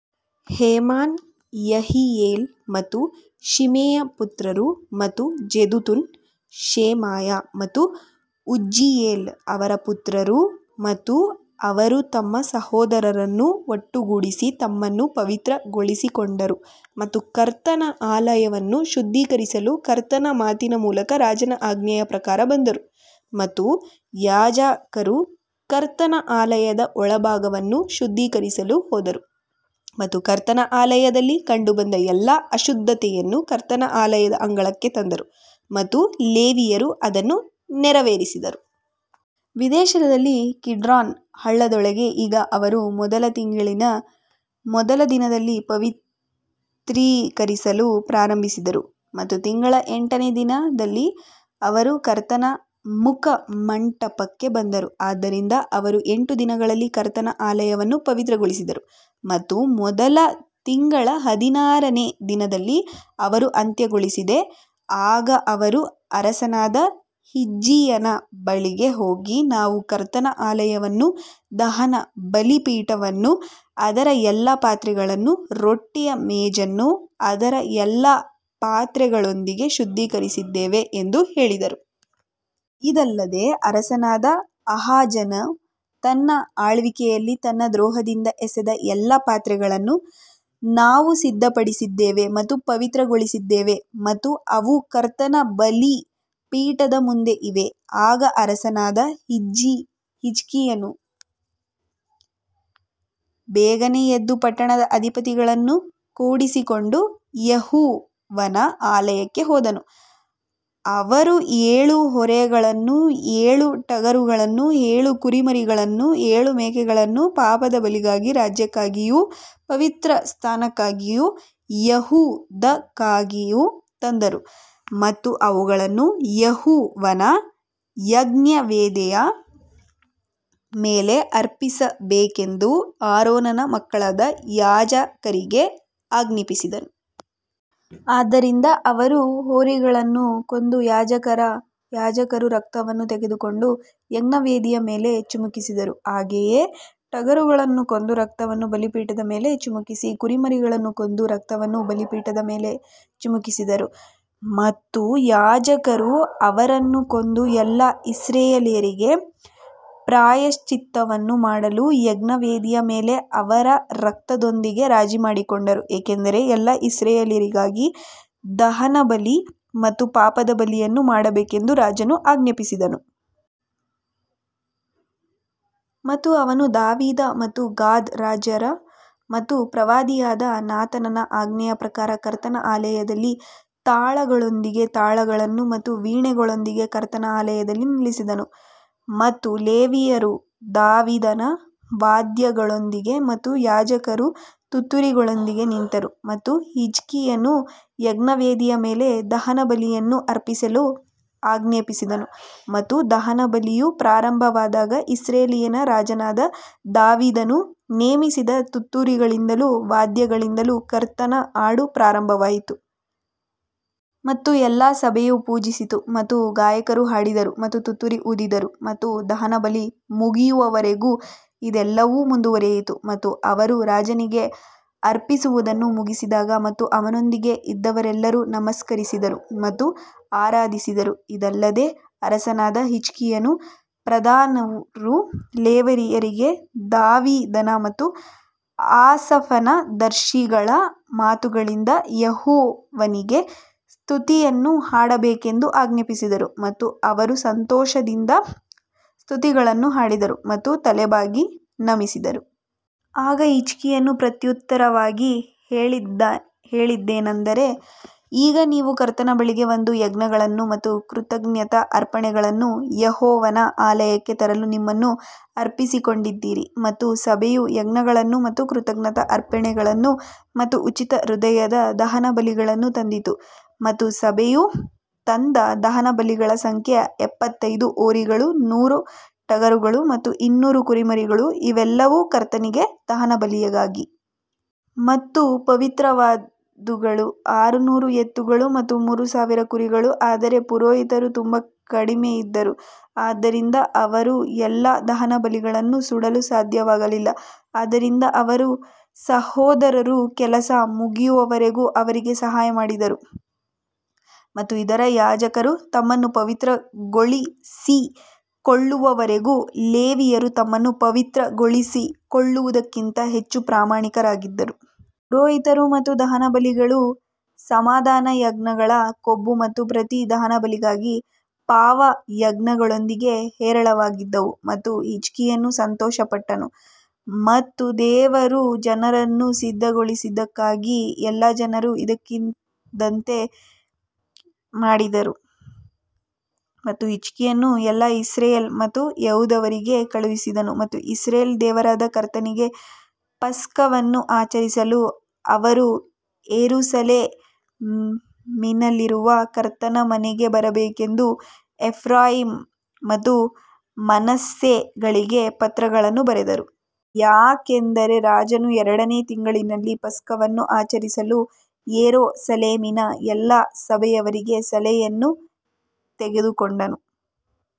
Heman ಯೆಹಿಯೇಲ್ ಮತ್ತು ಶಿಮೆಯ ಪುತ್ರರು ಮತ್ತು ಜೆದುತುನ್ ಶೆಮಾಯ ಮತ್ತು ಉಜ್ಜೀಯೇಲ್ ಅವರ ಪುತ್ರರು ಮತ್ತು ಅವರು ತಮ್ಮ ಸಹೋದರರನ್ನು ಒಟ್ಟುಗೂಡಿಸಿ ತಮ್ಮನ್ನು ಪವಿತ್ರಗೊಳಿಸಿಕೊಂಡರು ಮತ್ತು ಕರ್ತನ ಆಲಯವನ್ನು ಶುದ್ಧೀಕರಿಸಲು ಕರ್ತನ ಮಾತಿನ ಮೂಲಕ ರಾಜನ ಆಜ್ಞೆಯ ಪ್ರಕಾರ ಬಂದರು. ಮತ್ತು ಯಾಜಕರು ಕರ್ತನ ಆಲಯದ ಒಳಭಾಗವನ್ನು ಶುದ್ಧೀಕರಿಸಲು ಹೋದರು ಮತ್ತು ಕರ್ತನ ಆಲಯದಲ್ಲಿ ಕಂಡುಬಂದ ಎಲ್ಲಾ ಅಶುದ್ಧತೆಯನ್ನು ಕರ್ತನ ಆಲಯದ ಅಂಗಳಕ್ಕೆ ತಂದರು ಮತ್ತು ಲೇವಿಯರು ಅದನ್ನು ನೆರವೇರಿಸಿದರು. ವಿದೇಶದಲ್ಲಿ ಕಿಡ್ರಾನ್ ಹಳ್ಳದೊಳಗೆ ಈಗ ಅವರು ಮೊದಲ ತಿಂಗಳಿನ ಮೊದಲ ದಿನದಲ್ಲಿ ಪವಿತ್ರೀಕರಿಸಲು ಪ್ರಾರಂಭಿಸಿದರು ಮತ್ತು ತಿಂಗಳ ಎಂಟನೇ ದಿನದಲ್ಲಿ ಅವರು ಕರ್ತನ ಮುಖಮಂಟಪಕ್ಕೆ ಬಂದರು, ಆದ್ದರಿಂದ ಅವರು ಎಂಟು ದಿನಗಳಲ್ಲಿ ಕರ್ತನ ಆಲಯವನ್ನು ಪವಿತ್ರಗೊಳಿಸಿದರು ಮತ್ತು ಮೊದಲ ತಿಂಗಳ ಹದಿನಾರನೇ ದಿನದಲ್ಲಿ ಅವರು ಅಂತ್ಯಗೊಳಿಸಿದೆ ಆಗ ಅವರು ಅರಸನಾದ ಹಿಜ್ಕೀಯನ ಬಳಿಗೆ ಹೋಗಿ, ನಾವು ಕರ್ತನ ಆಲಯವನ್ನೂ ದಹನ ಬಲಿಪೀಠವನ್ನೂ ಅದರ ಎಲ್ಲಾ ಪಾತ್ರೆಗಳನ್ನೂ ರೊಟ್ಟಿಯ ಮೇಜನ್ನೂ ಅದರ ಎಲ್ಲಾ ಪಾತ್ರೆಗಳೊಂದಿಗೆ ಶುದ್ಧೀಕರಿಸಿದ್ದೇವೆ ಎಂದು ಹೇಳಿದರು. ಇದಲ್ಲದೆ ಅರಸನಾದ ಆಹಾಜನು ತನ್ನ ಆಳ್ವಿಕೆಯಲ್ಲಿ ತನ್ನ ದ್ರೋಹದಿಂದ ಎಸೆದ ಎಲ್ಲಾ ಪಾತ್ರೆಗಳನ್ನು ನಾವು ಸಿದ್ಧಪಡಿಸಿದ್ದೇವೆ ಮತ್ತು ಪವಿತ್ರಗೊಳಿಸಿದ್ದೇವೆ ಮತ್ತು ಅವು ಕರ್ತನ ಬಲಿಪೀಠದ ಮುಂದೆ ಇವೆ. ಆಗ ಅರಸನಾದ ಹಿಜ್ಕೀಯನು ಬೇಗನೆ ಎದ್ದು ಪಟ್ಟಣದ ಅಧಿಪತಿಗಳನ್ನು ಕೂಡಿಸಿಕೊಂಡು ಯೆಹೋವನ ಆಲಯಕ್ಕೆ ಹೋದನು. ಅವರು ಏಳು ಹೋರಿಗಳನ್ನೂ ಏಳು ಟಗರುಗಳನ್ನೂ ಏಳು ಕುರಿಮರಿಗಳನ್ನೂ ಏಳು ಮೇಕೆಗಳನ್ನೂ ಪಾಪದ ಬಲಿಗಾಗಿ ರಾಜ್ಯಕ್ಕಾಗಿಯೂ ಪವಿತ್ರಸ್ಥಾನಕ್ಕಾಗಿಯೂ ಯೆಹೂದಕ್ಕಾಗಿಯೂ ತಂದರು ಮತ್ತು ಅವುಗಳನ್ನು ಯೆಹೋವನ ಯಜ್ಞವೇದಿಯ ಮೇಲೆ ಅರ್ಪಿಸಬೇಕೆಂದು ಆರೋನನ ಮಕ್ಕಳಾದ ಯಾಜಕರಿಗೆ ಆಜ್ಞಾಪಿಸಿದನು. ಆದ್ದರಿಂದ ಅವರು ಹೋರಿಗಳನ್ನು ಕೊಂದು ಯಾಜಕರು ರಕ್ತವನ್ನು ತೆಗೆದುಕೊಂಡು ಯಜ್ಞವೇದಿಯ ಮೇಲೆ ಚಿಮುಕಿಸಿದರು ಹಾಗೆಯೇ ಟಗರುಗಳನ್ನು ಕೊಂದು ರಕ್ತವನ್ನು ಬಲಿಪೀಠದ ಮೇಲೆ ಚಿಮುಕಿಸಿ ಕುರಿಮರಿಗಳನ್ನೂ ಕೊಂದು ರಕ್ತವನ್ನು ಬಲಿಪೀಠದ ಮೇಲೆ ಚಿಮುಕಿಸಿದರು. ಮತ್ತು ಯಾಜಕರು ಅವರನ್ನು ಕೊಂದು ಎಲ್ಲಾ ಇಸ್ರಾಯೇಲ್ಯರಿಗೆ ಪ್ರಾಯಶ್ಚಿತ್ತವನ್ನು ಮಾಡಲು ಯಜ್ಞವೇದಿಯ ಮೇಲೆ ಅವರ ರಕ್ತದೊಂದಿಗೆ ರಾಜಿ ಮಾಡಿಕೊಂಡರು, ಏಕೆಂದರೆ ಎಲ್ಲಾ ಇಸ್ರಾಯೇಲ್ಯರಿಗಾಗಿ ದಹನಬಲಿ ಮತ್ತು ಪಾಪದ ಬಲಿಯನ್ನು ಮಾಡಬೇಕೆಂದು ರಾಜನು ಆಜ್ಞಾಪಿಸಿದನು. ಮತ್ತು ಅವನು ದಾವೀದ ಮತ್ತು ಗಾದ್ ರಾಜರು ಮತ್ತು ಪ್ರವಾದಿಯಾದ ನಾತಾನನ ಆಜ್ಞೆಯ ಪ್ರಕಾರ ಕರ್ತನ ಆಲಯದಲ್ಲಿ ತಾಳಗಳೊಂದಿಗೆ ತಾಳಗಳನ್ನು ಮತ್ತು ವೀಣೆಗಳೊಂದಿಗೆ ಕರ್ತನ ಆಲಯದಲ್ಲಿ ನಿಲ್ಲಿಸಿದನು. ಮತ್ತು ಲೇವಿಯರು ದಾವೀದನ ವಾದ್ಯಗಳೊಂದಿಗೆ ಮತ್ತು ಯಾಜಕರು ತುತ್ತೂರಿಗಳೊಂದಿಗೆ ನಿಂತರು ಮತ್ತು ಹಿಜ್ಕೀಯನು ಯಜ್ಞವೇದಿಯ ಮೇಲೆ ದಹನಬಲಿಯನ್ನು ಅರ್ಪಿಸಲು ಆಜ್ಞಾಪಿಸಿದನು ಮತ್ತು ದಹನಬಲಿಯು ಪ್ರಾರಂಭವಾದಾಗ ಇಸ್ರಾಯೇಲಿನ ರಾಜನಾದ ದಾವೀದನು ನೇಮಿಸಿದ ತುತ್ತೂರಿಗಳಿಂದಲೂ ವಾದ್ಯಗಳಿಂದಲೂ ಕರ್ತನ ಹಾಡು ಪ್ರಾರಂಭವಾಯಿತು. ಮತ್ತು ಎಲ್ಲಾ ಸಭೆಯು ಪೂಜಿಸಿತು ಮತ್ತು ಗಾಯಕರು ಹಾಡಿದರು ಮತ್ತು ತುತ್ತೂರಿ ಊದಿದರು ಮತ್ತು ದಹನಬಲಿ ಮುಗಿಯುವವರೆಗೂ ಇದೆಲ್ಲವೂ ಮುಂದುವರೆಯಿತು. ಮತ್ತು ಅವರು ರಾಜನಿಗೆ ಅರ್ಪಿಸುವುದನ್ನು ಮುಗಿಸಿದಾಗ ಮತ್ತು ಅವನೊಂದಿಗೆ ಇದ್ದವರೆಲ್ಲರೂ ನಮಸ್ಕರಿಸಿದರು ಮತ್ತು ಆರಾಧಿಸಿದರು ಇದಲ್ಲದೆ ಅರಸನಾದ ಹಿಜ್ಕೀಯನೂ ಪ್ರಧಾನರೂ ಲೇವಿಯರಿಗೆ ದಾವೀದನ ಮತ್ತು ಆಸಾಫನ ದರ್ಶಿಗಳ ಮಾತುಗಳಿಂದ ಯೆಹೋವನಿಗೆ ಸ್ತುತಿಯನ್ನು ಹಾಡಬೇಕೆಂದು ಆಜ್ಞಾಪಿಸಿದರು ಮತ್ತು ಅವರು ಸಂತೋಷದಿಂದ ಸ್ತುತಿಗಳನ್ನು ಹಾಡಿದರು ಮತ್ತು ತಲೆಬಾಗಿ ನಮಿಸಿದರು. ಆಗ ಹಿಜ್ಕೀಯನು ಪ್ರತ್ಯುತ್ತರವಾಗಿ ಹೇಳಿದ್ದೇನಂದರೆ ಈಗ ನೀವು ಕರ್ತನ ಬಳಿಗೆ ಬಂದು ಯಜ್ಞಗಳನ್ನು ಮತ್ತು ಕೃತಜ್ಞತಾ ಅರ್ಪಣೆಗಳನ್ನು ಯೆಹೋವನ ಆಲಯಕ್ಕೆ ತರಲು ನಿಮ್ಮನ್ನು ಅರ್ಪಿಸಿಕೊಂಡಿದ್ದೀರಿ ಮತ್ತು ಸಭೆಯು ಯಜ್ಞಗಳನ್ನು ಮತ್ತು ಕೃತಜ್ಞತಾ ಅರ್ಪಣೆಗಳನ್ನು ಮತ್ತು ಉಚಿತ ಹೃದಯದ ದಹನಬಲಿಗಳನ್ನು ತಂದಿತು. ಮತ್ತು ಸಭೆಯು ತಂದ ದಹನಬಲಿಗಳ ಸಂಖ್ಯೆ ಎಪ್ಪತ್ತೈದು ಹೋರಿಗಳು ನೂರು ಟಗರುಗಳು ಮತ್ತು ಇನ್ನೂರು ಕುರಿಮರಿಗಳು ಇವೆಲ್ಲವೂ ಕರ್ತನಿಗೆ ದಹನಬಲಿಗಾಗಿ. ಮತ್ತು ಪವಿತ್ರವಾದವುಗಳು ಆರುನೂರು ಎತ್ತುಗಳು ಮತ್ತು ಮೂರು ಸಾವಿರ ಕುರಿಗಳು ಆದರೆ ಪುರೋಹಿತರು ತುಂಬಾ ಕಡಿಮೆಯಿದ್ದರು, ಆದ್ದರಿಂದ ಅವರು ಎಲ್ಲಾ ದಹನಬಲಿಗಳನ್ನು ಸುಡಲು ಸಾಧ್ಯವಾಗಲಿಲ್ಲ, ಆದ್ದರಿಂದ ಅವರ ಸಹೋದರರು ಕೆಲಸ ಮುಗಿಯುವವರೆಗೂ ಅವರಿಗೆ ಸಹಾಯ ಮಾಡಿದರು ಮತ್ತು ಇತರ ಯಾಜಕರು ತಮ್ಮನ್ನು ಪವಿತ್ರಗೊಳಿಸಿಕೊಳ್ಳುವವರೆಗೂ ಲೇವಿಯರು ತಮ್ಮನ್ನು ಪವಿತ್ರಗೊಳಿಸಿಕೊಳ್ಳುವುದಕ್ಕಿಂತ ಹೆಚ್ಚು ಪ್ರಾಮಾಣಿಕರಾಗಿದ್ದರು. ಪುರೋಹಿತರು ಮತ್ತು ದಹನಬಲಿಗಳು ಸಮಾಧಾನಯಜ್ಞಗಳ ಕೊಬ್ಬು ಮತ್ತು ಪ್ರತಿ ದಹನಬಲಿಗಾಗಿ ಪಾನಯಜ್ಞಗಳೊಂದಿಗೆ ಹೇರಳವಾಗಿದ್ದವು. ಮತ್ತು ಹಿಜ್ಕೀಯನು ಸಂತೋಷಪಟ್ಟನು ಮತ್ತು ದೇವರು ಜನರನ್ನು ಸಿದ್ಧಗೊಳಿಸಿದ್ದಕ್ಕಾಗಿ ಎಲ್ಲಾ ಜನರು ಇದ್ದಕ್ಕಿದ್ದಂತೆ ಮಾಡಿದರು ಮತ್ತು ಹಿಜ್ಕೀಯನು ಎಲ್ಲಾ ಇಸ್ರಾಯೇಲ್ ಮತ್ತು ಯೆಹೂದದವರಿಗೆ ಕಳುಹಿಸಿದನು ಮತ್ತು ಇಸ್ರಾಯೇಲ್ ದೇವರಾದ ಕರ್ತನಿಗೆ ಪಸ್ಕವನ್ನು ಆಚರಿಸಲು ಅವರು ಯೆರೂಸಲೇಮಿನಲ್ಲಿರುವ ಕರ್ತನ ಮನೆಗೆ ಬರಬೇಕೆಂದು ಎಫ್ರಾಯೀಮ್ ಮತ್ತು ಮನಸ್ಸೆಗಳಿಗೆ ಪತ್ರಗಳನ್ನು ಬರೆದರು. ಯಾಕಂದರೆ ರಾಜನು ಎರಡನೇ ತಿಂಗಳಿನಲ್ಲಿ ಪಸ್ಕವನ್ನು ಆಚರಿಸಲು ಯೆರೂಸಲೇಮಿನ ಎಲ್ಲಾ ಸಭೆಯವರಿಗೆ ಸಲಹೆಯನ್ನು ತೆಗೆದುಕೊಂಡನು.